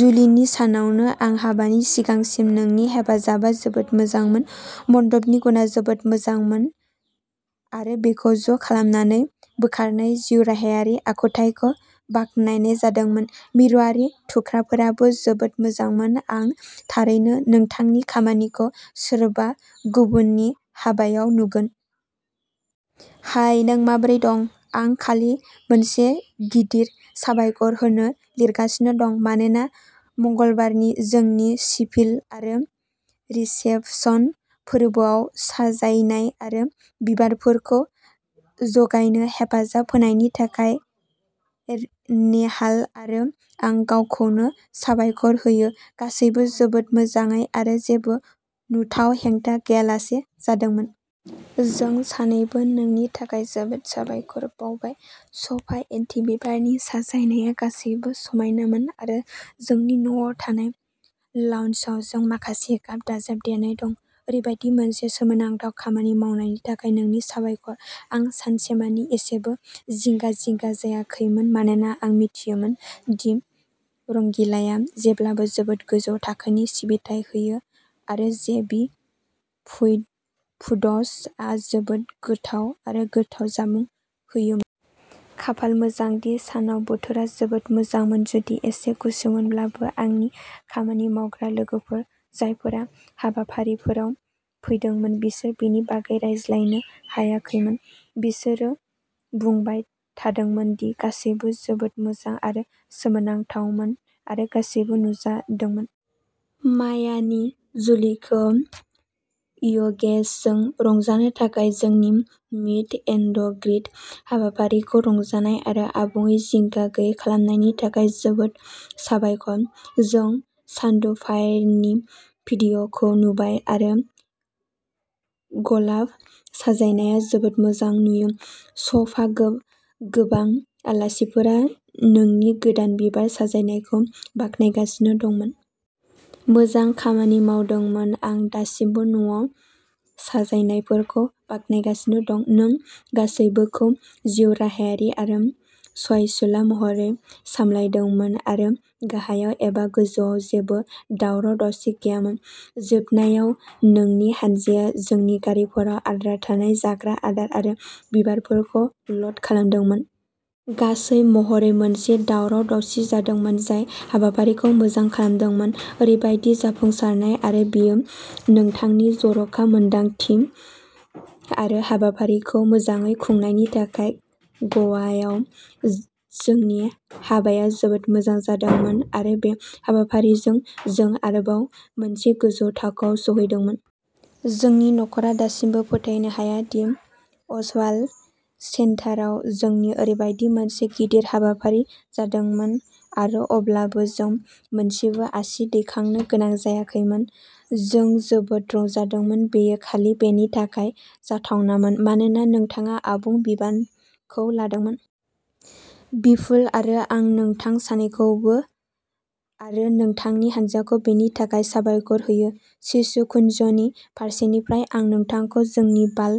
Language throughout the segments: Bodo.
जुलिनि सानावनो आरो हाबानि सिगांसिम नोंनि हेफाजाबआ जोबोद मोजांमोन। मन्दपनि गुना जोबोद मोजांमोन आरो बेखौ ज' खालामनानै बोखारनाय जिउराहायारि आखुथाइखौ बाखनायनाय जादोंमोन। मिरुआरि थुख्राफोराबो जोबोद मोजांमोन! आं थारैनो नोंथांनि खामानिखौ सोरबा गुबुननि हाबायाव नुगोन। हाय नों माबोरै दं? आं खालि मोनसे गिदिर साबायखर होनो लिरगासिनो दं, मानोना मंगलबारनि जोंनि सिभिल आरो रिसेपसन फोरबोआव साजायनाय आरो बिबारफोरखौ जगायनो हेफाजाब होनायनि थाखाय नेहाल आरो आं गावखौनो साबायखर होयो। गासैबो जोबोद मोजाङै आरो जेबो नुथाव हेंथा गैयालासे जादोंमोन। जों सानैबो नोंनि थाखाय जोबोद साबायखर बावबाय। शभा एन्टी बिबारनि साजायनाया गासैबो समायनामोन आरो जोंनि न'आव थानाय लाउन्जआव जों माखासे गाब दाजाबदेरनाय दं। ओरैबायदि मोनसे सोमोनांथाव खामानि मावनायनि थाखाय नोंनो साबायखर। आं सानसेमानि एसेबो जिंगा जिंगा जायाखैमोन मानोना आं मिथियोमोन दि रंगीलाया जेब्लाबो जोबोद गोजौ थाखोनि सिबिथाइ होयो आरो जे बि फुइद फुड्स आ जोबोद गोथाव आरो गोथाव जामुं होयोमोन। खाफाल मोजां दि सानाव बोथोरा जोबोद मोजांमोन, जुदि एसे गुसुमोनब्लाबो आंनि खामानि मावग्रा लोगोफोर जायफोरा हाबाफारिफोराव फैदोंमोन बिसोर बेनि बागै रायज्लायनो हायाखैमोन। बिसोरो बुंबाय थादोंमोन दि गासैबो जोबोद मोजां आरो सोमोनांथावमोन आरो गासैबो नुजादोंमोन। मायानि जुलिखौ यगेशजों रंजानो थाखाय जोंनि मीट एन्ड ग्रीट हाबाफारिखौ रंजानाय आरो आबुङै जिंगा गैयै खालामनायनि थाखाय जोबोद साबायखर। जों चान्दुभाईनि भिडिअ'खौ नुबाय आरो गलाब साजायनाया जोबोद मोजां नुयो। श'भा, गो गोबां आलासिफोरा नोंनि गोदान बिबार साजायनायखौ बाखनायगासिनो दंमोन। मोजां खामानि मावदोंमोन। आं दासिमबो न'आव साजायनायफोरखौ बाखनायगासिनो दं। नों गासैबोखौ जिउ राहायारि आरो सहायसुला महरै सामलायदोंमोन आरो गाहायाव एबा गोजौआव जेबो दावराव दावसि गैयामोन। जोबनायाव नोंनि हानजाया जोंनि गारिफोराव आद्रा थानाय जाग्रा आदार आरो बिबारफोरखौ ल'ड खालामदोंमोन। गासै महरै मोनसे दावराव-दावसि जादोंमोन जाय हाबाफारिखौ मोजां खालामदोंमोन। ओरैबायदि जाफुंसारनाय आरो बेयो नोंथांनि जर'खा मोनदांथि आरो हाबाफारिखौ मोजाङै खुंनायनि थाखाय गवायाव जोंनि हाबाया जोबोद मोजां जादोंमोन आरो बे हाबाफारिजों जों आरोबाव मोनसे गोजौ थाखोआव सौहैदोंमोन। जोंनि नखरा दासिमबो फोथायनो हाया दि अशवाल सेन्टाराव जोंनि ओरैबायदि मोनसे गिदिर हाबाफारि जादोंमोन आरो अब्लाबो जों मोनसेबो आसि दैखांनो गोनां जायाखैमोन। जों जोबोद रंजादोंमोन बेयो खालि बेनि थाखाय जाथावनामोन मानोना नोंथाङा आबुं बिबानखौ लादोंमोन। बिपुल आरो आं नोंथां सानैखौबो आरो नोंथांनि हान्जाखौ बेनि थाखाय साबायखर होयो। शिशुकुन्जनि फारसेनिफ्राय आं नोंथांखौ जोंनि बाल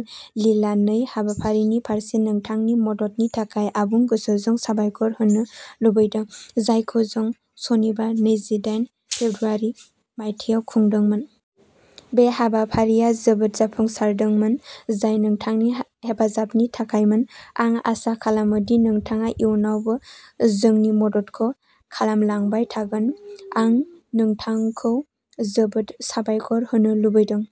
लीला नै हाबाफारिनि फारसे नोंथांनि मददनि थाखाय आबुं गोसोजों साबायखर होनो लुबैदों। जायखौ जों सनिबार नैजिदायन फेब्रुआरि मायथाइयाव खुंदोंमोन। बे हाबाफारिया जोबोद जाफुंसारदोंमोन जाय नोंथांनि हे हेफाजाबनि थाखायमोन। आं आसा खालामो दि नोंथाङा इयुनावबो जोंनि मददखौ खालामलांबाय थागोन। आं नोंथांखौ जोबोद साबायखर होनो लुबैदों।